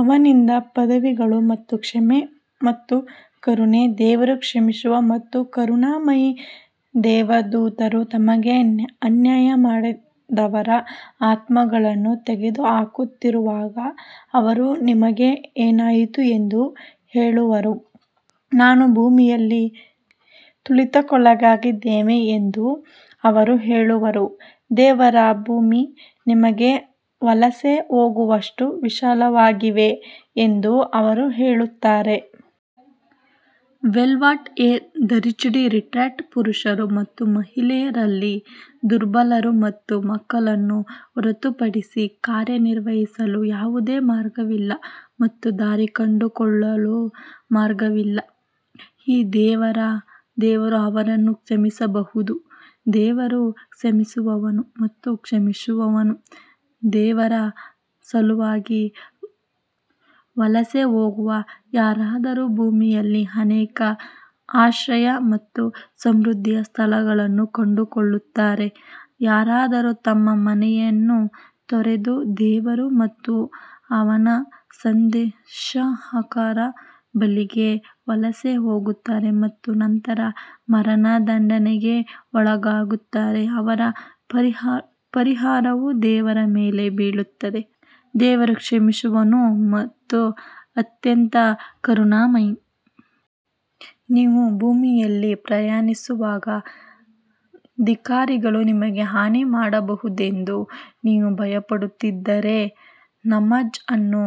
ಅವನಿಂದ ಪದವಿಗಳು ಮತ್ತು ಕ್ಷಮೆ ಮತ್ತು ಕರುಣೆ ದೇವರು ಕ್ಷಮಿಸುವ ಮತ್ತು ಕರುಣಾಮಯಿ ದೇವದೂತರು ತಮಗೇ ಅನ್ಯಾಯ ಮಾಡಿದವರ ಆತ್ಮಗಳನ್ನು ತೆಗೆದುಹಾಕುತ್ತಿರುವಾಗ ಅವರು ನಿಮಗೆ ಏನಾಯಿತು ಎಂದು ಹೇಳುವರು, ನಾವು ಭೂಮಿಯಲ್ಲಿ ತುಳಿತಕ್ಕೊಳಗಾಗಿದ್ದೇವೆ ಎಂದು ಅವರು ಹೇಳುವರು, ದೇವರ ಭೂಮಿ ನಿಮಗೆ ವಲಸೆ ಹೋಗುವಷ್ಟು ವಿಶಾಲವಾಗಿಲ್ಲವೇ ಎಂದು ಅವರು ಹೇಳುತ್ತಾರೆ. Hell what a wretched retreat ಪುರುಷರು ಮತ್ತು ಮಹಿಳೆಯರಲ್ಲಿ ದುರ್ಬಲರು ಮತ್ತು ಮಕ್ಕಳನ್ನು ಹೊರತುಪಡಿಸಿ ಕಾರ್ಯನಿರ್ವಹಿಸಲು ಯಾವುದೇ ಮಾರ್ಗವಿಲ್ಲ ಮತ್ತು ದಾರಿ ಕಂಡುಕೊಳ್ಳಲು ಮಾರ್ಗವಿಲ್ಲ ಈ ದೇವರು ಅವರನ್ನು ಕ್ಷಮಿಸಬಹುದು, ದೇವರು ಕ್ಷಮಿಸುವವನು ಮತ್ತು ಕ್ಷಮಿಸುವವನು ದೇವರ ಸಲುವಾಗಿ ವಲಸೆ ಹೋಗುವ ಯಾರಾದರೂ ಭೂಮಿಯಲ್ಲಿ ಅನೇಕ ಆಶ್ರಯ ಮತ್ತು ಸಮೃದ್ಧಿಯ ಸ್ಥಳಗಳನ್ನು ಕಂಡುಕೊಳ್ಳುತ್ತಾರೆ, ಯಾರಾದರೂ ತನ್ನ ಮನೆಯನ್ನು ತೊರೆದು ದೇವರು ಮತ್ತು ಅವನ ಸಂದೇಶವಾಹಕರ ಬಳಿಗೆ ವಲಸೆ ಹೋಗುತ್ತಾರೆ ಮತ್ತು ನಂತರ ಮರಣದಂಡನೆಗೆ ಒಳಗಾಗುತ್ತಾರೆ ಅವರ ಪರಿಹಾರವು ದೇವರ ಮೇಲೆ ಬೀಳುತ್ತದೆ ದೇವರು ಕ್ಷಮಿಸುವವನು ಅತ್ಯಂತ ಕರುಣಾಮಯಿ. ನೀವು ಭೂಮಿಯಲ್ಲಿ ಪ್ರಯಾಣಿಸುವಾಗ, ಧಿಕ್ಕಾರಿಗಳು ನಿಮಗೆ ಹಾನಿ ಮಾಡಬಹುದೆಂದು ನೀವು ಭಯಪಡುತ್ತಿದ್ದರೆ, ನಮಾಝ್ ಅನ್ನು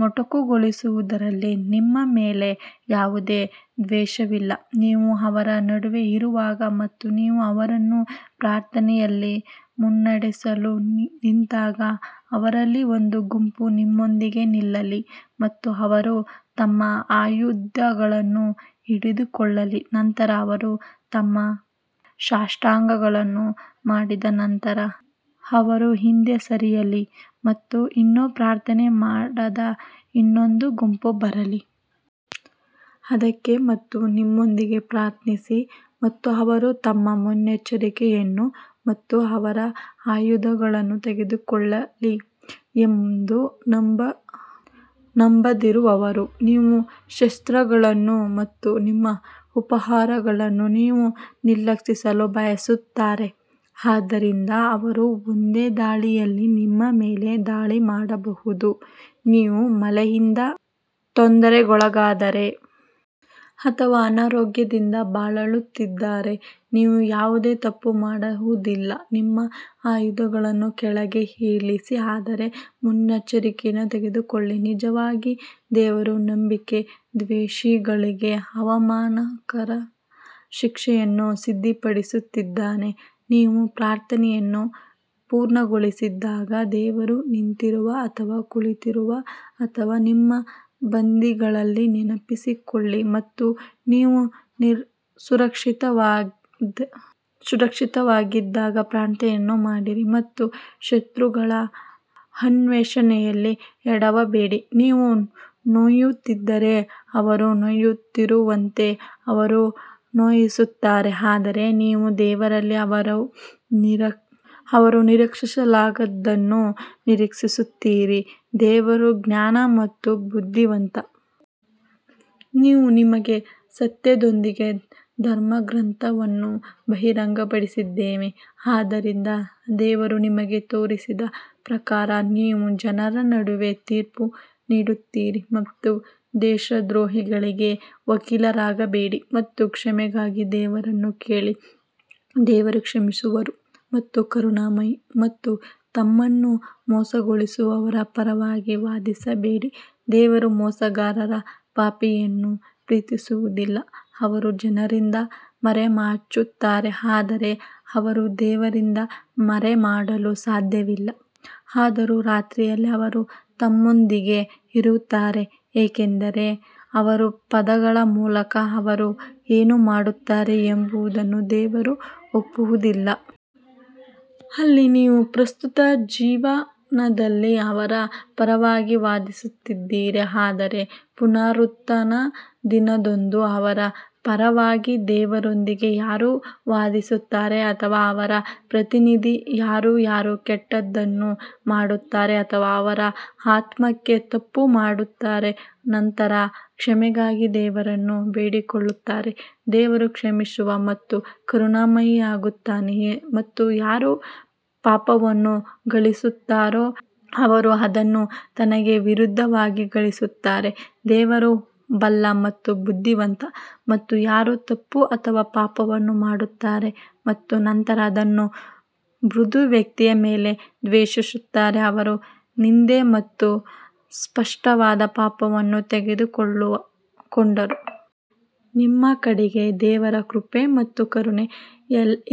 ಮೊಟಕುಗೊಳಿಸುವುದರಲ್ಲಿ ನಿಮ್ಮ ಮೇಲೆ ಯಾವುದೇ ದೋಷವಿಲ್ಲ. ನೀವು ಅವರ ನಡುವೆ ಇರುವಾಗ ಮತ್ತು ನೀವು ಅವರನ್ನು ಪ್ರಾರ್ಥನೆಯಲ್ಲಿ ಮುನ್ನಡೆಸಲು ನಿಂತಾಗ ಅವರಲ್ಲಿ ಒಂದು ಗುಂಪು ನಿಮ್ಮೊಂದಿಗೆ ನಿಲ್ಲಲಿ ಮತ್ತು ಅವರು ತಮ್ಮ ಆಯುಧಗಳನ್ನು ಹಿಡಿದುಕೊಳ್ಳಲಿ, ನಂತರ ಅವರು ತಮ್ಮ ಸಾಷ್ಟಾಂಗಗಳನ್ನು ಮಾಡಿದ ನಂತರ ಅವರು ಹಿಂದೆ ಸರಿಯಲಿ ಮತ್ತು ಇನ್ನೂ ಪ್ರಾರ್ಥನೆ ಮಾಡದ ಇನ್ನೊಂದು ಗುಂಪು ಬರಲಿ. ಮುಂದಕ್ಕೆ ಮತ್ತು ನಿಮ್ಮೊಂದಿಗೆ ಪ್ರಾರ್ಥಿಸಿ ಮತ್ತು ಅವರು ತಮ್ಮ ಮುನ್ನೆಚ್ಚರಿಕೆಗಳನ್ನು ಮತ್ತು ಅವರ ಆಯುಧಗಳನ್ನು ತೆಗೆದುಕೊಳ್ಳಲಿ ಎಂದು ನಂಬದಿರುವವರು ನಿಮ್ಮ ಶಸ್ತ್ರಾಸ್ತ್ರಗಳು ಮತ್ತು ನಿಮ್ಮ ಉಪಕರಣಗಳನ್ನು ನೀವು ನಿರ್ಲಕ್ಷಿಸಲು ಬಯಸುತ್ತಾರೆ, ಆದ್ದರಿಂದ ಅವರು ಒಂದೇ ದಾಳಿಯಲ್ಲಿ ನಿಮ್ಮ ಮೇಲೆ ದಾಳಿ ಮಾಡಬಹುದು, ನೀವು ಮಳೆಯಿಂದ ತೊಂದರೆಗೊಳಗಾದರೆ ಅಥವಾ ಅನಾರೋಗ್ಯದಿಂದ ಬಳಲುತ್ತಿದ್ದರೆ ನೀವು ಯಾವುದೇ ತಪ್ಪು ಮಾಡುವುದಿಲ್ಲ ನಿಮ್ಮ ಆಯುಧಗಳನ್ನು ಕೆಳಗೆ ಇರಿಸಿ ಆದರೆ ಮುನ್ನೆಚ್ಚರಿಕೆಗಳನ್ನು ತೆಗೆದುಕೊಳ್ಳಿ ನಿಜವಾಗಿ ದೇವರು ನಂಬಿಕೆ ದ್ರೋಹಿಗಳಿಗೆ ಅವಮಾನಕರ ಶಿಕ್ಷೆಯನ್ನು ಸಿದ್ಧಪಡಿಸಿದ್ದಾನೆ ನೀವು ಪ್ರಾರ್ಥನೆಯನ್ನು ಪೂರ್ಣಗೊಳಿಸಿದಾಗ ದೇವರು ನಿಂತಿರುವ ಅಥವಾ ಕುಳಿತಿರುವ ಅಥವಾ ನಿಮ್ಮ ಬದಿಗಳಲ್ಲಿ ನೆನಪಿಸಿಕೊಳ್ಳಿ ಮತ್ತು ನೀವು ಸುರಕ್ಷಿತವಾಗಿರಿದಾಗ ಪ್ರಾರ್ಥನೆಯನ್ನು ಮಾಡಿರಿ ಮತ್ತು ಶತ್ರುಗಳ ಅನ್ವೇಷಣೆಯಲ್ಲಿ ಎಡವಬೇಡಿ ನೀವು ನೋಯುತ್ತಿದ್ದರೆ ಅವರು ನೋಯುತ್ತಿರುವಂತೆ ಅವರು ನೋಯಿಸುತ್ತಾರೆ ಆದರೆ ನೀವು ದೇವರಿಂದ ಅವರು ನಿರೀಕ್ಷಿಸಲಾಗದದನ್ನು ನಿರೀಕ್ಷಿಸುತ್ತೀರಿ ದೇವರು ಜ್ಞಾನ ಮತ್ತು ಬುದ್ಧಿವಂತ. ನಾವು ನಿಮಗೆ ಸತ್ಯದೊಂದಿಗೆ ಧರ್ಮಗ್ರಂಥವನ್ನು ಬಹಿರಂಗಪಡಿಸಿದ್ದೇವೆ, ಆದ್ದರಿಂದ ದೇವರು ನಿಮಗೆ ತೋರಿಸಿದ ಪ್ರಕಾರ ನೀವು ಜನರ ನಡುವೆ ತೀರ್ಪು ನೀಡುತ್ತೀರಿ ಮತ್ತು ದೇಶದ್ರೋಹಿಗಳಿಗೆ ವಕೀಲರಾಗಬೇಡಿ ಮತ್ತು ಕ್ಷಮೆಗಾಗಿ ದೇವರನ್ನು ಕೇಳಿ ದೇವರು ಕ್ಷಮಿಸುವ ಮತ್ತು ಕರುಣಾಮಯಿ ಮತ್ತು ತಮ್ಮನ್ನು ಮೋಸಗೊಳಿಸುವವರ ಪರವಾಗಿ ವಾದಿಸಬೇಡಿ ದೇವರು ಮೋಸಗಾರ ಪಾಪಿಯನ್ನು ಪ್ರೀತಿಸುವುದಿಲ್ಲ ಅವರು ಜನರಿಂದ ಮರೆಮಾಚುತ್ತಾರೆ ಆದರೆ ಅವರು ದೇವರಿಂದ ಮರೆಮಾಡಲು ಸಾಧ್ಯವಿಲ್ಲ, ಅವರು ರಾತ್ರಿಯಲ್ಲಿ ಅವರು ತಮ್ಮೊಂದಿಗೆ ಇರುತ್ತಾರೆ ಏಕೆಂದರೆ ಅವರು ಪದಗಳ ಮೂಲಕ ಅವರು ಏನು ಮಾಡುತ್ತಾರೆ ಎಂಬುದನ್ನು ದೇವರು ಒಪ್ಪುವುದಿಲ್ಲ. ಅಲ್ಲಿ ನೀವು ಪ್ರಸ್ತುತ ಜೀವನದಲ್ಲಿ ಅವರ ಪರವಾಗಿ ವಾದಿಸುತ್ತಿದ್ದೀರಿ ಆದರೆ ಪುನರುತ್ಥಾನದ ದಿನದಂದು ಅವರ ಪರವಾಗಿ ದೇವರೊಂದಿಗೆ ಯಾರು ವಾದಿಸುತ್ತಾರೆ ಅಥವಾ ಅವರ ಪ್ರತಿನಿಧಿ ಯಾರು ಯಾರು ಕೆಟ್ಟದ್ದನ್ನು ಮಾಡುತ್ತಾರೆ ಅಥವಾ ಅವರ ಆತ್ಮಕ್ಕೆ ತಪ್ಪು ಮಾಡುತ್ತಾರೆ, ನಂತರ ಕ್ಷಮೆಗಾಗಿ ದೇವರನ್ನು ಬೇಡಿಕೊಳ್ಳುತ್ತಾರೆ, ದೇವರು ಕ್ಷಮಿಸುವ ಮತ್ತು ಕರುಣಾಮಯಿಯಾಗುತ್ತಾನೆ ಮತ್ತು ಯಾರು ಪಾಪವನ್ನು ಗಳಿಸುತ್ತಾರೋ ಅವರು ಅದನ್ನು ತನಗೆ ವಿರುದ್ಧವಾಗಿ ಗಳಿಸುತ್ತಾರೆ, ದೇವರು ಬಲ್ಲ ಮತ್ತು ಬುದ್ಧಿವಂತ ಮತ್ತು ಯಾರು ತಪ್ಪು ಅಥವಾ ಪಾಪವನ್ನು ಮಾಡುತ್ತಾರೆ ಮತ್ತು ನಂತರ ಅದನ್ನು ಮುಗ್ಧ ವ್ಯಕ್ತಿಯ ಮೇಲೆ ದೂಷಿಸುತ್ತಾರೆ, ಅವರು ನಿಂದೆ ಮತ್ತು ಸ್ಪಷ್ಟವಾದ ಪಾಪವನ್ನು ತೆಗೆದುಕೊಂಡರು. ನಿಮ್ಮ ಕಡೆಗೆ ದೇವರ ಕೃಪೆ ಮತ್ತು ಕರುಣೆ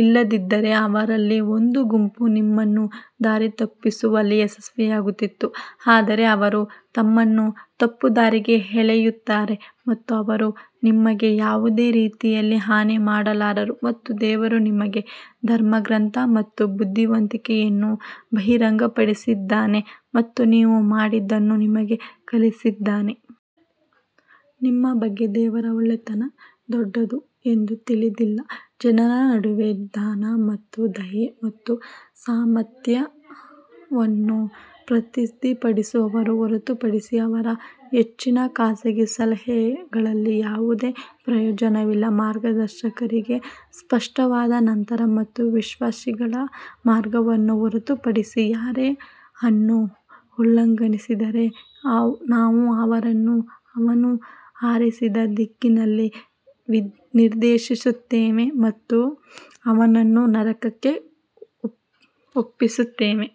ಇಲ್ಲದಿದ್ದರೆ ಅವರಲ್ಲಿ ಒಂದು ಗುಂಪು ನಿಮ್ಮನ್ನು ದಾರಿತಪ್ಪಿಸುವಲ್ಲಿ ಯಶಸ್ವಿಯಾಗುತ್ತಿತ್ತು ಆದರೆ ಅವರು ತಮ್ಮನ್ನು ತಪ್ಪುದಾರಿಗೆ ಎಳೆಯುತ್ತಾರೆ ಮತ್ತು ಅವರು ನಿಮಗೆ ಯಾವುದೇ ರೀತಿಯಲ್ಲಿ ಹಾನಿ ಮಾಡಲಾರರು ಮತ್ತು ದೇವರು ನಿಮಗೆ ಧರ್ಮಗ್ರಂಥ ಮತ್ತು ಬುದ್ಧಿವಂತಿಕೆಯನ್ನು ಬಹಿರಂಗಪಡಿಸಿದ್ದಾನೆ ಮತ್ತು ನೀವು ಮಾಡಿದ್ದನ್ನು ನಿಮಗೆ ಕಲಿಸಿದ್ದಾನೆ. ನಿಮ್ಮ ಬಗ್ಗೆ ದೇವರ ಒಳ್ಳೆಯತನ ದೊಡ್ಡದು ಎಂದು ತಿಳಿದಿಲ್ಲ ಜನರ ನಡುವೆ ದಾನ ಅಥವಾ ದಯೆ ಅಥವಾ ಸಮನ್ವಯವನ್ನು ಪ್ರತಿಪಾದಿಸುವವರನ್ನು ಹೊರತುಪಡಿಸಿ ಅವರ ಹೆಚ್ಚಿನ ಖಾಸಗಿ ಸಲಹೆಗಳಲ್ಲಿ ಯಾವುದೇ ಪ್ರಯೋಜನವಿಲ್ಲ ಮಾರ್ಗದರ್ಶಕರಿಗೆ ಸ್ಪಷ್ಟವಾದ ನಂತರ ಮತ್ತು ವಿಶ್ವಾಸಿಗಳ ಮಾರ್ಗವನ್ನು ಹೊರತುಪಡಿಸಿ ಯಾರೇ ಅನ್ನು ಉಲ್ಲಂಘಿಸಿದರೆ, ನಾವು ಅವನನ್ನು ಅವನು ಆರಿಸಿದ ದಿಕ್ಕಿನಲ್ಲಿ ನಿರ್ದೇಶಿಸುತ್ತೇವೆ ಮತ್ತು ಅವನನ್ನು ನರಕಕ್ಕೆ ಒಪ್ಪಿಸುತ್ತೇವೆ.